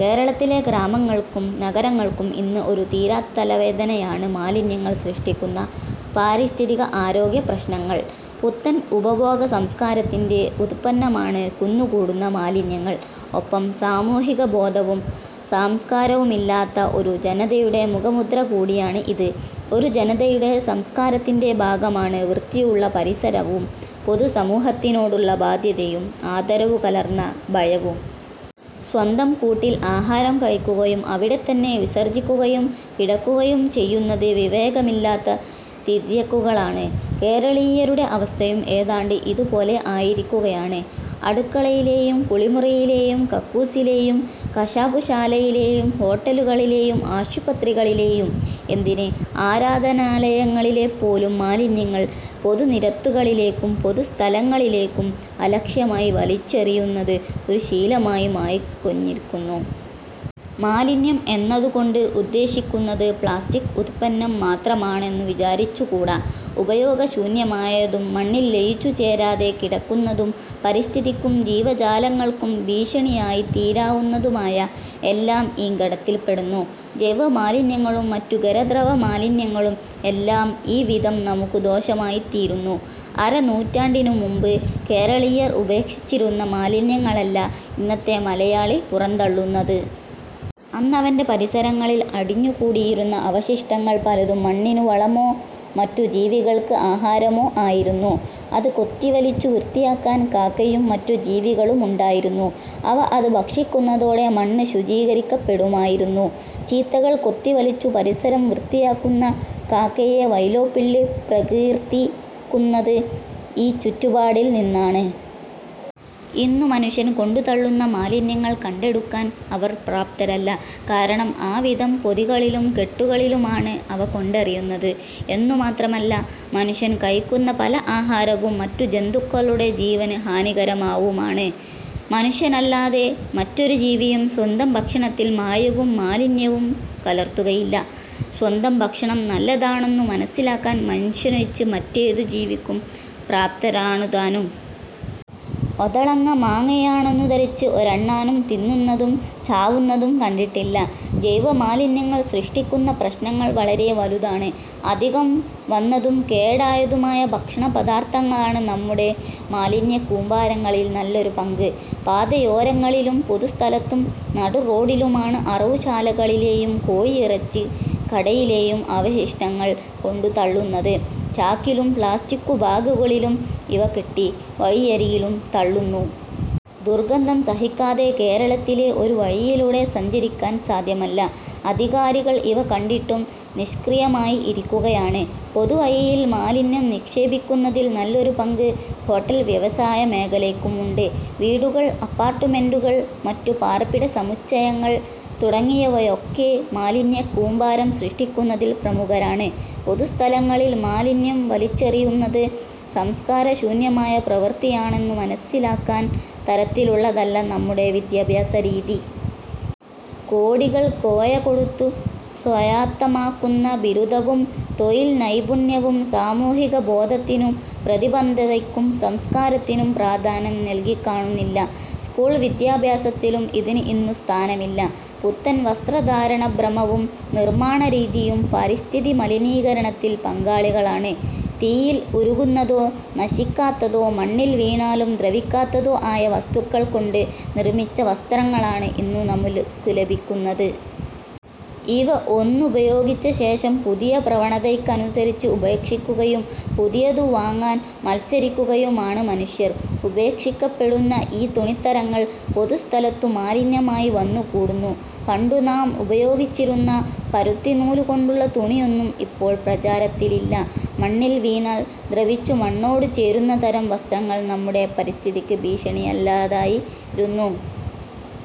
കേരളത്തിലെ ഗ്രാമങ്ങൾക്കും നഗരങ്ങൾക്കും ഇന്ന് ഒരു തീരാത്തല വേദനയാണ് മാലിന്യങ്ങൾ സൃഷ്ടിക്കുന്ന പാരിസ്ഥിതിക-ആരോഗ്യ പ്രശ്നങ്ങൾ. പുത്തൻ ഉപഭോഗസംസ്കാരത്തിന്റെ ഉത്പന്നമാണ് കുന്നു കൂടുന്ന മാലിന്യങ്ങൾ. ഒപ്പം സാമൂഹികബോധവും സംസ്കാരവുമി ല്ലാത്ത ഒരു ജനതയുടെ മുഖമുദ്രകൂടിയാണ് ഇത്. ഒരു ജനതയുടെ സംസ്കാരത്തിന്റെ ഭാഗമാണ് വൃത്തിയുള്ള പരിസരവും പൊതുസമൂ ഹത്തിനോടുള്ള ബാധ്യതയും ആദരവു കലർന്ന ഭയവും. സ്വന്തം കൂട്ടിൽ ആഹാരം കഴിക്കുകയും അവിടെത്തന്നെ വിസർജ്ജിക്കുകയും കിട ക്കുകയും ചെയ്യുന്നത് വിവേകമില്ലാത്ത തിര്യക്കുകളാണ്. കേരളീയ രുടെ അവസ്ഥയും ഏതാണ്ട് ഇതുപോലെ ആയിരിക്കുകയാണ്. അടു ക്കളയിലെയും കുളിമുറിയിലെയും കക്കൂസിലെയും കശാപ്പുശാലയി ലെയും ഹോട്ടലുകളിലെയും ആശുപത്രികളിലെയും എന്തിന് ആരാ ധനാലയ ങ്ങളിലെപ്പോലും മാലിന്യങ്ങൾ പൊതുനിരത്തുകളിലേക്കും പൊതുസ്ഥലങ്ങളിലേക്കും അലക്ഷ്യമായി വലിച്ചെറിയുന്നത് ഒരു ശീല മായി മാറിക്കഴിഞ്ഞിരിക്കുന്നു. മാലിന്യം എന്നതുകൊണ്ട് ഉദ്ദേശിക്കുന്നത് പ്ലാസ്റ്റിക് ഉത്പന്നം മാത്ര മാണെന്നു വിചാരിച്ചുകൂടാ. ഉപയോഗശൂന്യമായതും മണ്ണിൽ ലയിച്ചു ചേരാതെ കിടക്കുന്നതും പരിസ്ഥിതിക്കും ജീവജാലങ്ങൾക്കും ഭീഷ ണിയായിത്തീരാവുന്നതുമായ എല്ലാം ഈ ഗണത്തിൽപ്പെടുന്നു. ജൈവ മാലിന്യങ്ങളും മറ്റു ഖര-ദ്രവമാലിന്യങ്ങളും എല്ലാം ഈവിധം നമുക്കു ദോഷമായിത്തീരുന്നു. അരനൂറ്റാണ്ടിനുമുമ്പ് കേരളീയർ ഉപേക്ഷിച്ചിരുന്ന മാലിന്യങ്ങളല്ല ഇന്നത്തെ മലയാളി പുറന്തള്ളുന്നത്. അന്നവന്റെ പരിസരങ്ങളിൽ അടി ഞ്ഞുകൂടിയിരുന്ന അവശിഷ്ടങ്ങൾ പലതും മണ്ണിനു വളമോ മറ്റു ജീവികൾക്ക് ആഹാരമോ ആയിരുന്നു. അത് കൊത്തിവലിച്ചു വൃത്തിയാ ക്കാൻ കാക്കയും മറ്റു ജീവികളുമുണ്ടായിരുന്നു. അവ അത് ഭക്ഷി ക്കുന്നതോടെ മണ്ണ് ശുചീകരിക്കപ്പെടുമായിരുന്നു. ചീത്തകൾ കൊത്തി വലിച്ചു പരിസരം വൃത്തിയാക്കുന്ന കാക്കയെ വൈലോപ്പിള്ളി പ്രകീർത്തി ക്കുന്നത് ഈ ചുറ്റുപാടിൽനിന്നാണ്. ഇന്നു മനുഷ്യൻ കൊണ്ടുത്തള്ളുന്ന മാലിന്യങ്ങൾ കണ്ടെടുക്കാൻ അവർ പ്രാപ്തരല്ല. കാരണം ആവിധം പൊതികളിലും കെട്ടുകളിലുമാണ് അവ കൊണ്ടറിയുന്നത്. എന്നു മാത്രമല്ല, മനുഷ്യൻ കഴിക്കുന്ന പല ആഹാരവും മറ്റു ജന്തുക്കളുടെ ജീവന് ഹാനികരവുമാവുമാണ്. മനുഷ്യനല്ലാതെ മറ്റൊരു ജീവിയും സ്വന്തം ഭക്ഷണത്തിൽ മായവും മാലിന്യവും കലർത്തുകയില്ല. സ്വന്തം ഭക്ഷണം നല്ലതാണെന്നു മനസ്സിലാക്കാൻ മനുഷ്യനൊഴിച്ച് മറ്റേതു ജീവിയും പ്രാപ്തരാണുതാനും. ഒതളങ്ങ മാങ്ങയാണെന്നു ധരിച്ച് ഒരണ്ണാനും തിന്നുന്നതും ചാവുന്നതും കണ്ടിട്ടില്ല. ജൈവമാലിന്യങ്ങൾ സൃഷ്ടിക്കുന്ന പ്രശ്നങ്ങൾ വളരെ വലുതാണ്. അധികം വന്നതും കേടായതുമായ ഭക്ഷണപദാർത്ഥങ്ങളാണ് നമ്മുടെ മാലിന്യക്കൂമ്പാരങ്ങളിൽ നല്ലൊരു പങ്ക്. പാതയോരങ്ങളിലും പൊതു സ്ഥലത്തും നടുറോഡിലുമാണ് അറവുശാലകളിലെയും കോഴിയിറ ച്ചിക്കടയിലെയും അവശിഷ്ടങ്ങൾ കൊണ്ടുത്തള്ളുന്നത്. ചാക്കിലും പ്ലാസ്റ്റിക്കു ബാഗുകളിലും ഇവ കെട്ടി വഴിയരികിലും തള്ളുന്നു. ദുർ ഗന്ധം സഹിക്കാതെ കേരളത്തിലെ ഒരു വഴിയിലൂടെ സഞ്ചരിക്കാൻ സാധ്യമല്ല. അധികാരികൾ ഇവ കണ്ടിട്ടും നിഷ്ക്രിയമായി ഇരിക്കുക യാണ്. പൊതുവഴിയിൽ മാലിന്യം നിക്ഷേപിക്കുന്നതിൽ നല്ലൊരു പങ്ക് ഹോട്ടൽ വ്യവസായ മേഖലയ്ക്കുമുണ്ട്. വീടുകൾ, അപ്പാർട്ടുമെന്റുകൾ, മറ്റു പാർപ്പിട സമുച്ചയങ്ങൾ തുടങ്ങിയവയൊക്കെ മാലിന്യക്കൂമ്പാരം സൃഷ്ടിക്കുന്നതിൽ പ്രമുഖരാണ്. പൊതുസ്ഥലങ്ങളിൽ മാലിന്യം വലി ച്ചെറിയുന്നത് സംസ്കാരശൂന്യമായ പ്രവൃത്തിയാണെന്നു മനസ്സിലാ ക്കാൻതരത്തിലുള്ളതല്ല നമ്മുടെ വിദ്യാഭ്യാസരീതി. കോടികൾ കോഴ കൊടുത്തു സ്വായത്തമാക്കുന്ന ബിരുദവും തൊഴിൽനൈപുണ്യവും സാമൂഹികബോധത്തിനും പ്രതിബദ്ധതയ്ക്കും സംസ്കാരത്തിനും പ്രാധാന്യം നല്കി കാണുന്നില്ല. സ്കൂൾ വിദ്യാഭ്യാസത്തിലും ഇതിന് ഇന്നു സ്ഥാനമില്ല. പുത്തൻ വസ്ത്രധാരണഭ്രമവും നിർമ്മാണരീതിയും പരിസ്ഥിതിമ ലീനീകരണത്തിൽ പങ്കാളികളാണ്. തീയിൽ ഉരുകുന്നതോ നശിക്കാ ത്തതോ മണ്ണിൽ വീണാലും ദ്രവിക്കാത്തതോ ആയ വസ്തുക്കൾക്കൊണ്ട് നിർമ്മിച്ച വസ്ത്രങ്ങളാണ് ഇന്നു നമുക്കു ലഭിക്കുന്നത്. ഇവ ഒന്നുപ യോഗിച്ചശേഷം പുതിയ പ്രവണതയ്ക്കനുസരിച്ച് ഉപേക്ഷിക്കുകയും പുതിയതു വാങ്ങാൻ മത്സരിക്കുകയുമാണ് മനുഷ്യർ. ഉപേക്ഷിക്കപ്പെ ടുന്ന ഈ തുണിത്തരങ്ങൾ പൊതുസ്ഥലത്തു മാലിന്യമായി വന്നുകൂ ടുന്നു. പണ്ടു നാം ഉപയോഗിച്ചിരുന്ന പരുത്തിനൂലുകൊണ്ടുള്ള തുണി യൊന്നും ഇപ്പോൾ പ്രചാരത്തിലില്ല. മണ്ണിൽ വീണാൽ ദ്രവിച്ചു മണ്ണാടു ചേരുന്നതരം വസ്ത്രങ്ങൾ നമ്മുടെ പരിസ്ഥിതിക്ക് ഭീഷണിയല്ലാതായിരുന്നു.